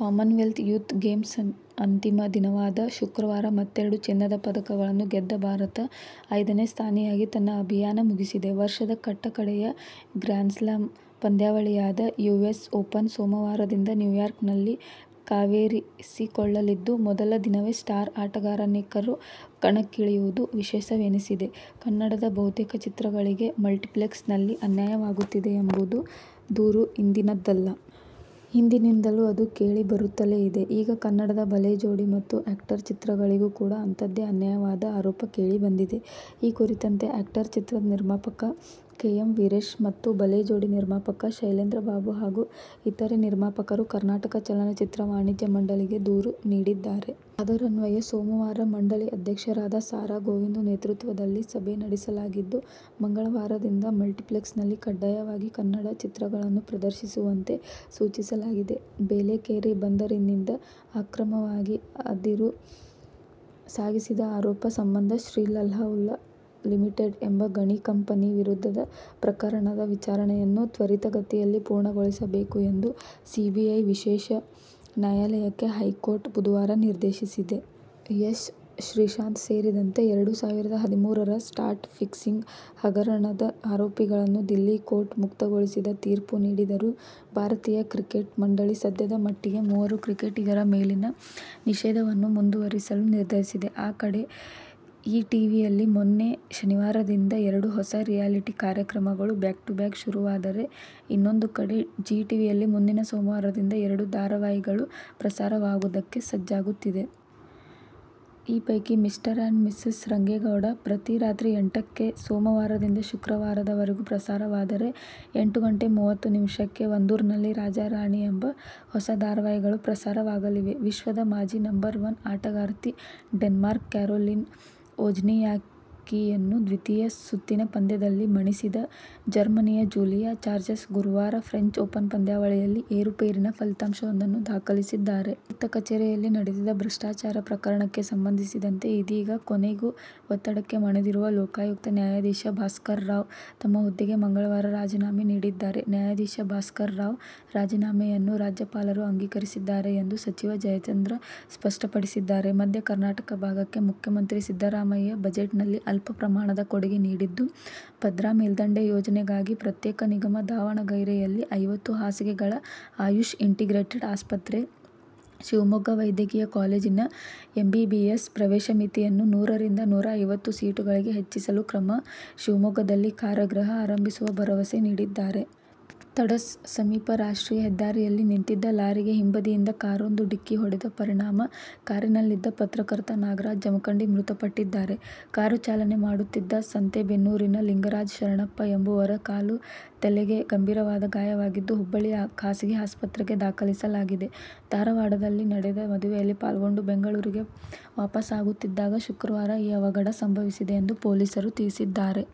Commonwealth youth ಗೇಮ್ಸ್ನ ಅಂತಿಮ ದಿನವಾದ ಶುಕ್ರವಾರ ಮತ್ತೆರಡು ಚಿನ್ನದ ಪದಕಗಳನ್ನು ಗೆದ್ದ ಭಾರತ ಐದನೇ ಸ್ಥಾನಿಯಾಗಿ ತನ್ನ ಅಭಿಯಾನ ಮುಗಿಸಿದೆ. ವರ್ಷದ ಕಟ್ಟಕಡೆಯ ಗ್ರ್ಯಾನ್ಸ್ಲಾಮ್ ಪಂದ್ಯಾವಳಿಯಾದ ಯುಎಸ್ ಓಪನ್ ಸೋಮವಾರದಿಂದ ನ್ಯೂಯಾರ್ಕ್ನಲ್ಲಿ ಕಾವೇರಿಸಿಕೊಳ್ಳಲಿದ್ದು, ಮೊದಲ ದಿನವೇ ಸ್ಟಾರ್ ಆಟಗಾರರನೇಕರು ಕಣಕ್ಕಿಳಿಯುವುದು ವಿಶೇಷವೆನಿಸಿದೆ. ಕನ್ನಡದ ಬಹುತೇಕ ಚಿತ್ರಗಳಿಗೆ ಮಲ್ಟಿಪ್ಲೆಕ್ಸ್ನಲ್ಲಿ ಅನ್ಯಾಯವಾಗುತ್ತಿದೆ ಎಂಬ ದೂರು ಇಂದಿನದ್ದಲ್ಲ. ಹಿಂದಿನಿಂದಲೂ ಅದು ಕೇಳಿಬರುತ್ತಲೇ ಇದೆ. ಈಗ ಕನ್ನಡದ 'ಭಲೇ ಜೋಡಿ' ಮತ್ತು 'ಆ್ಯಕ್ಟರ್' ಚಿತ್ರಗಳಿಗೂ ಕೂಡ ಅಂಥದ್ದೇ ಅನ್ಯಾಯವಾದ ಆರೋಪ ಕೇಳಿಬಂದಿದೆ. ಈ ಕುರಿತಂತೆ 'ಆ್ಯಕ್ಟರ್' ಚಿತ್ರದ ನಿರ್ಮಾಪಕ ಕೆ. ಎಂ. ವೀರೇಶ್ ಮತ್ತು 'ಭಲೇ ಜೋಡಿ' ನಿರ್ಮಾಪಕ ಶೈಲೇಂದ್ರಬಾಬು ಹಾಗೂ ಇತರೆ ನಿರ್ಮಾಪಕರು ಕರ್ನಾಟಕ ಚಲನಚಿತ್ರ ವಾಣಿಜ್ಯ ಮಂಡಳಿಗೆ ದೂರು ನೀಡಿದ್ದಾರೆ. ಅದರನ್ವಯ ಸೋಮವಾರ ಮಂಡಳಿ ಅಧ್ಯಕ್ಷರಾದ ಸಾ. ರಾ. ಗೋವಿಂದು ನೇತೃತ್ವದಲ್ಲಿ ಸಭೆ ನಡೆಸಲಾಗಿದ್ದು, ಮಂಗಳವಾರದಿಂದ ಮಲ್ಟಿಪ್ಲೆಕ್ಸ್ನಲ್ಲಿ ಕಡ್ಡಾಯವಾಗಿ ಕನ್ನಡ ಚಿತ್ರಗಳನ್ನು ಪ್ರದರ್ಶಿಸುವಂತೆ ಸೂಚಿಸಲಾಗಿದೆ. ಬೇಲೆಕೇರಿ ಬಂದರಿನಿಂದ ಅಕ್ರಮವಾಗಿ ಅದಿರು ಸಾಗಿಸಿದ ಆರೋಪ ಸಂಬಂಧ ಶ್ರೀಲಾಲ್ವುಹಲ್ ಲಿಮಿಟೆಡ್ ಎಂಬ ಗಣಿ ಕಂಪನಿ ವಿರುದ್ಧದ ಪ್ರಕರಣದ ವಿಚಾರಣೆಯನ್ನು ತ್ವರಿತಗತಿಯಲ್ಲಿ ಪೂರ್ಣಗೊಳಿಸಬೇಕು ಎಂದು ಸಿಬಿಐ ವಿಶೇಷ ನ್ಯಾಯಾಲಯಕ್ಕೆ ಹೈಕೋರ್ಟ್ ಬುಧವಾರ ನಿರ್ದೇಶಿಸಿದೆ. ಎಸ್. ಶ್ರೀಶಾಂತ್ ಸೇರಿದಂತೆ ಎರಡು ಸಾವಿರದ ಹದಿಮೂರರ ಸ್ಪಾಟ್ ಫಿಕ್ಸಿಂಗ್ ಹಗರಣದ ಆರೋಪಿಗಳನ್ನು ದಿಲ್ಲಿ ಕೋರ್ಟ್ ಮುಕ್ತಗೊಳಿಸಿದ ತೀರ್ಪು ನೀಡಿದರೂ ಭಾರತೀಯ ಕ್ರಿಕೆಟ್ ಮಂಡಳಿ ಸದ್ಯದ ಮಟ್ಟಿಗೆ ಮೂವರು ಕ್ರಿಕೆಟಿಗರ ಮೇಲಿನ ನಿಷೇಧವನ್ನು ಮುಂದುವರಿಸಲು ನಿರ್ಧರಿಸಿದೆ. ಆ ಕಡೆ ಈ ಟಿವಿಯಲ್ಲಿ ಮೊನ್ನೆ ಶನಿವಾರದಿಂದ ಎರಡು ಹೊಸ ರಿಯಾಲಿಟಿ ಕಾರ್ಯಕ್ರಮಗಳು ಬ್ಯಾಕ್ ಟು ಬ್ಯಾಕ್ ಶುರುವಾದರೆ, ಇನ್ನೊಂದು ಕಡೆ ಜೀ ಟಿವಿಯಲ್ಲಿ ಮುಂದಿನ ಸೋಮವಾರದಿಂದ ಎರಡು ಹೊಸ ಧಾರಾವಾಹಿಗಳು ಪ್ರಸಾರವಾಗುವುದಕ್ಕೆ ಸಜ್ಜಾಗುತ್ತಿದೆ. ಈ ಪೈಕಿ "ಮಿಸ್ಟರ್ ಅಂಡ್ ಮಿಸಸ್ ರಂಗೇಗೌಡ' ಪ್ರತಿ ರಾತ್ರಿ ಎಂಟಕ್ಕೆ ಸೋಮವಾರದಿಂದ ಶುಕ್ರವಾರದವರೆಗೂ ಪ್ರಸಾರವಾದರೆ, ಎಂಟು ಗಂಟೆ ಮೂವತ್ತು ನಿಮಿಷಕ್ಕೆ "ಒಂದೂರ್ನಲ್ಲಿ ರಾಜ-ರಾಣಿ' ಎಂಬ ಹೊಸ ಧಾರಾವಾಹಿಗಳು ಪ್ರಸಾರವಾಗಲಿವೆ. ವಿಶ್ವದ ಮಾಜಿ ನಂಬರ್ ವನ್ ಆಟಗಾರ್ತಿ ಡೆನ್ಮಾರ್ಕ್ನ ಕ್ಯಾರೋಲಿನ್ ವೋಜ್ನಿಯಾಕಿಯನ್ನು ದ್ವಿತೀಯ ಸುತ್ತಿನ ಪಂದ್ಯದಲ್ಲಿ ಮಣಿಸಿದ ಜರ್ಮನಿಯ ಜೂಲಿಯಾ ಜಾರ್ಜಸ್ ಗುರುವಾರ ಫ್ರೆಂಚ್ ಓಪನ್ ಪಂದ್ಯಾವಳಿಯಲ್ಲಿ ಏರುಪೇರಿನ ಫಲಿತಾಂಶವೊಂದನ್ನು ದಾಖಲಿಸಿದ್ದಾರೆ. ಲೋಕಾಯುಕ್ತ ಕಚೇರಿಯಲ್ಲಿ ನಡೆದಿದ್ದ ಭ್ರಷ್ಟಾಚಾರ ಪ್ರಕರಣಕ್ಕೆ ಸಂಬಂಧಿಸಿದಂತೆ ಇದೀಗ ಕೊನೆಗೂ ಒತ್ತಡಕ್ಕೆ ಮಣಿದಿರುವ ಲೋಕಾಯುಕ್ತ ನ್ಯಾಯಾಧೀಶ ಭಾಸ್ಕರರಾವ್ ತಮ್ಮ ಹುದ್ದೆಗೆ ಮಂಗಳವಾರ ರಾಜೀನಾಮೆ ನೀಡಿದ್ದಾರೆ. ನ್ಯಾಯಾಧೀಶ ಭಾಸ್ಕರರಾವ್ ರಾಜೀನಾಮೆಯನ್ನು ರಾಜ್ಯಪಾಲರು ಅಂಗೀಕರಿಸಿದ್ದಾರೆ ಎಂದು ಸಚಿವ ಜಯಚಂದ್ರ ಸ್ಪಷ್ಟಪಡಿಸಿದ್ದಾರೆ. ಮಧ್ಯ ಕರ್ನಾಟಕ ಭಾಗಕ್ಕೆ ಮುಖ್ಯಮಂತ್ರಿ ಸಿದ್ದರಾಮಯ್ಯ ಬಜೆಟ್ನಲ್ಲಿ ಅಲ್ಪ ಪ್ರಮಾಣದ ಕೊಡುಗೆ ನೀಡಿದ್ದು, ಭದ್ರಾ ಮೇಲ್ದಂಡೆ ಯೋಜನೆಗಾಗಿ ಪ್ರತ್ಯೇಕ ನಿಗಮ, ದಾವಣಗೆರೆಯಲ್ಲಿ ಐವತ್ತು ಹಾಸಿಗೆಗಳ ಆಯುಷ್ ಇಂಟಿಗ್ರೇಟೆಡ್ ಆಸ್ಪತ್ರೆ, ಶಿವಮೊಗ್ಗ ವೈದ್ಯಕೀಯ ಕಾಲೇಜಿನ ಎಂಬಿಬಿಎಸ್ ಪ್ರವೇಶ ಮಿತಿಯನ್ನು ನೂರರಿಂದ ನೂರೈವತ್ತು ಸೀಟುಗಳಿಗೆ ಹೆಚ್ಚಿಸಲು ಕ್ರಮ, ಶಿವಮೊಗ್ಗದಲ್ಲಿ ಕಾರಾಗೃಹ ಆರಂಭಿಸುವ ಭರವಸೆ ನೀಡಿದ್ದಾರೆ. ತಡಸ ಸಮೀಪ ರಾಷ್ಟ್ರೀಯ ಹೆದ್ದಾರಿಯಲ್ಲಿ ನಿಂತಿದ್ದ ಲಾರಿಗೆ ಹಿಂಬದಿಯಿಂದ ಕಾರೊಂದು ಡಿಕ್ಕಿ ಹೊಡೆದ ಪರಿಣಾಮ ಕಾರಿನಲ್ಲಿದ್ದ ಪತ್ರಕರ್ತ ನಾಗರಾಜ ಜಮಖಂಡಿ ಮೃತಪಟ್ಟಿದ್ದಾರೆ. ಕಾರು ಚಾಲನೆ ಮಾಡುತ್ತಿದ್ದ ಸಂತೇಬೆನ್ನೂರಿನ ಲಿಂಗರಾಜ ಶರಣಪ್ಪ ಎಂಬುವರ ಕಾಲು, ತಲೆಗೆ ಗಂಭೀರವಾದ ಗಾಯವಾಗಿದ್ದು, ಹುಬ್ಬಳ್ಳಿಯ ಖಾಸಗಿ ಆಸ್ಪತ್ರೆಗೆ ದಾಖಲಿಸಲಾಗಿದೆ. ಧಾರವಾಡದಲ್ಲಿ ನಡೆದ ಮದುವೆಯಲ್ಲಿ ಪಾಲ್ಗೊಂಡು ಬೆಂಗಳೂರಿಗೆ ವಾಪಸಾಗುತ್ತಿದ್ದಾಗ ಶುಕ್ರವಾರ ಈ ಅವಘಡ ಸಂಭವಿಸಿದೆ ಎಂದು ಪೊಲೀಸರು ತಿಳಿಸಿದ್ದಾರೆ.